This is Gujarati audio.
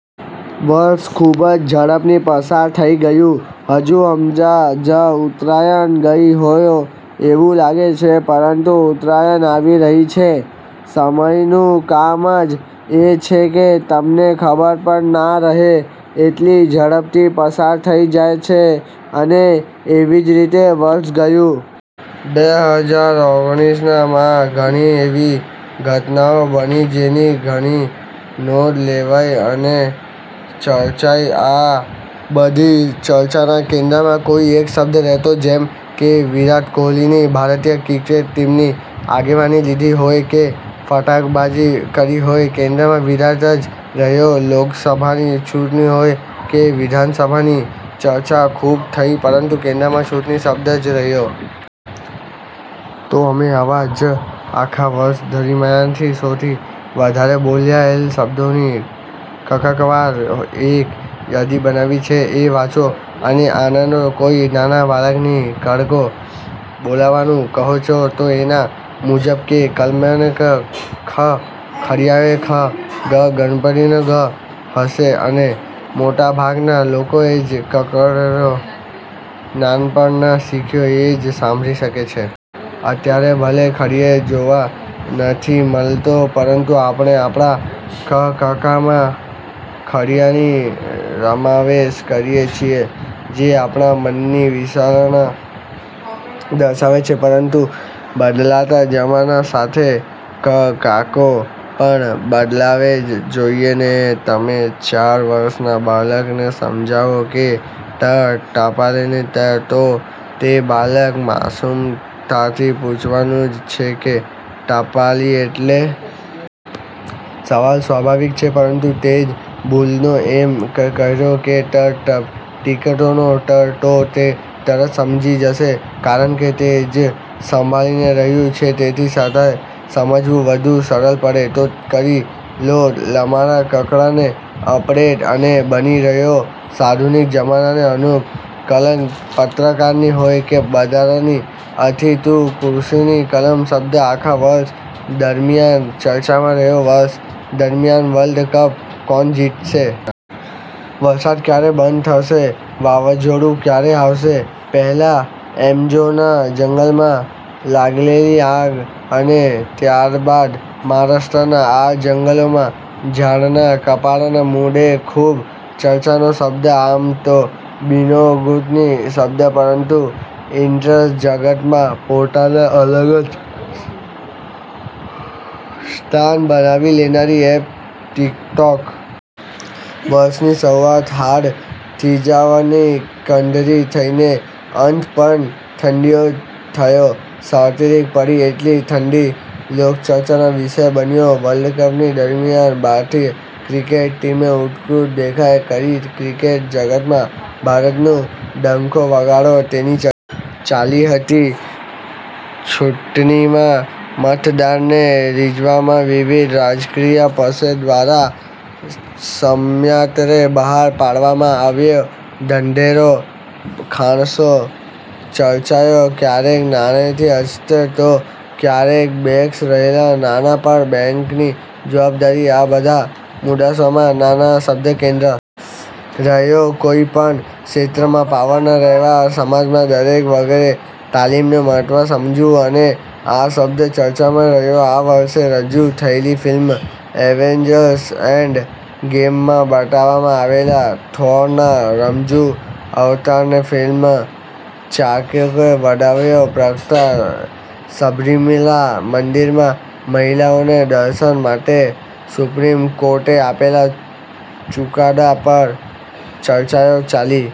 વર્ષ ખૂબ જ ઝડપથી પસાર થઈ ગયું, હજુ હમણાં જ ઉત્તરાયણ ગઈ હોય એવું લાગે છે; પરંતુ ઉત્તરાયણ આવી રહી છે. સમયનું કામ જ એ છે કે તમને ખબર પણ ના રહે એટલી ઝડપથી પસાર થઈ જાય છે અને એવી જ રીતે વર્ષ ગયું. બે હજાર ઓગણીસ માં ઘણી એવી ઘટનાઓ બની જેની ઘણી નોંધ લેવાઈ અને ચર્ચાઈ. આ બધી ચર્ચાના કેન્દ્રમાં કોઈ એક શબ્દ રહેતો. જેમ કે, વિરાટ કોહલીએ ભારતીય ક્રિકેટ ટીમની આગેવાની લીધી હોય કે ફટકાબાજી કરી હોય કેન્દ્રમાં વિરાટ જ રહ્યો, લોકસભાની ચૂંટણી હોય કે વિધાનસભાની, ચર્ચા ખૂબ થઈ પરંતુ કેન્દ્રમાં ચૂંટણી શબ્દ જ રહ્યો. તો, અમે આવા જ આખા વર્ષ દરમિયાન સૌથી વધારે બોલાયેલા શબ્દોની કક્કાવાર એક યાદી બનાવી છે એ વાંચો અને આનંદો. કોઈ નાના બાળકને કક્કો બોલવાનું કહો તો એના મુજબ ક કલમનો ક, ખ ખડિયાનો ખ, ગ ગણપતિનો ગ હશે અને મોટાભાગના લોકોએ જે કક્કો નાનપણમાં શીખ્યો એ જ સાંભરી શકે છે. અત્યારે ભલે ખડિયો જોવા નથી મળતો પરંતુ આપણે આપણા કક્કામાં ખડિયાનો સમાવેશ કરીએ છીએ જે આપણા મનની વિશાળતા દર્શાવે છે પરંતુ બદલાતા જમાના સાથે કક્કો પણ બદલાવો જ જોઈએ ને! તમે ચાર વર્ષના બાળકને સમજાવો કે 'ટ ટપાલીનો ટ' તો તે બાળક માસુમતાથી પૂછવાનું જ છે કે 'ટપાલી એટલે? ' સવાલ સ્વાભાવિક છે પરંતુ તે જ ભૂલકાને એમ કહેશો કે 'ટ ટિકટોકનો ટ' તો તે તરત સમજી જશે. કારણકે તે જે સાંભળી રહ્યું છે તેની સાથે સમજવું વધુ સરળ પડે. તો કરી લો તમારા કક્કાને અપડેટ અને બની રહો 'આધુનિક જમાનાને અનુરૂપ' કલમ પત્રકારની હોય કે બંધારણની અથવા તો કૃષિની; કલમ શબ્દ આખા વર્ષ દરમિયાન ચર્ચામાં રહ્યો વર્ષ દરમિયાન "વર્લ્ડ કપ કોણ જીતશે? ", "વરસાદ ક્યારે બંધ થશે? ", "વાવાઝોડું ક્યારે આવશે? પહેલા એમેઝોનના જંગલોમાં લાગેલી આગ અને ત્યારબાદ મહારાષ્ટ્રના આરે જંગલોમાં ઝાડના કપાણ મુદ્દે ખૂબ ચર્ચાયેલો શબ્દ. આમ તો બિનગુજરાતી શબ્દ પરંતુ ઈન્ટરનેટ જગતમાં પોતાનું અલગ જ સ્થાન બનાવી લેનારી એપ ટિકટોક. વર્ષની શરૂઆત હાડ થીજાવનારી ઠંડીથી થઈને અંત પણ ઠંડીથી જ થયો. સાર્વત્રિક પડી રહેલી ઠંડી લોકચર્ચાનો વિષય બન્યો. વર્લ્ડકપ દરમિયાન ભારતીય ક્રિકેટ ટીમે ઉત્કૃષ્ટ દેખાવ કરી ક્રિકેટ જગતમાં ભારતનો ડંકો વગાડ્યો તેની ચર્ચા ચાલી હતી ચૂંટણીમાં મતદારોને રીઝવવા વિવિધ રાજકીય પક્ષો દ્વારા સમયાંતરે બહાર પાડવામાં આવતો ઢંઢેરો ખાસ્સો ચર્ચાયો ક્યારેક નાણાંની અછત તો ક્યારેક બેંકમાં રહેલાં નાણાં પર બેન્કની જવાબદારી આ બધા મુદ્દાઓમાં નાણાં શબ્દ કેન્દ્રમાં રહ્યો કોઈ પણ ક્ષેત્રમાં પાવરધા રહેવા સમાજના દરેક વર્ગે તાલીમનું મહત્ત્વ સમજ્યું અને આ શબ્દ ચર્ચામાં રહ્યો આ વર્ષે રજૂ થયેલી ફિલ્મ એવેન્જર્સ: એન્ડ ગેમમાં બતાવવામાં આવેલા થોરના રમુજી અવતારને ફિલ્મના ચાહકોએ વધાવ્યો પ્રખ્યાત સબરીમાલા મંદિરમાં મહિલાઓને દર્શન માટે સુપ્રીમ કોર્ટે આપેલા ચુકાદા પર ચર્ચાઓ ચાલી।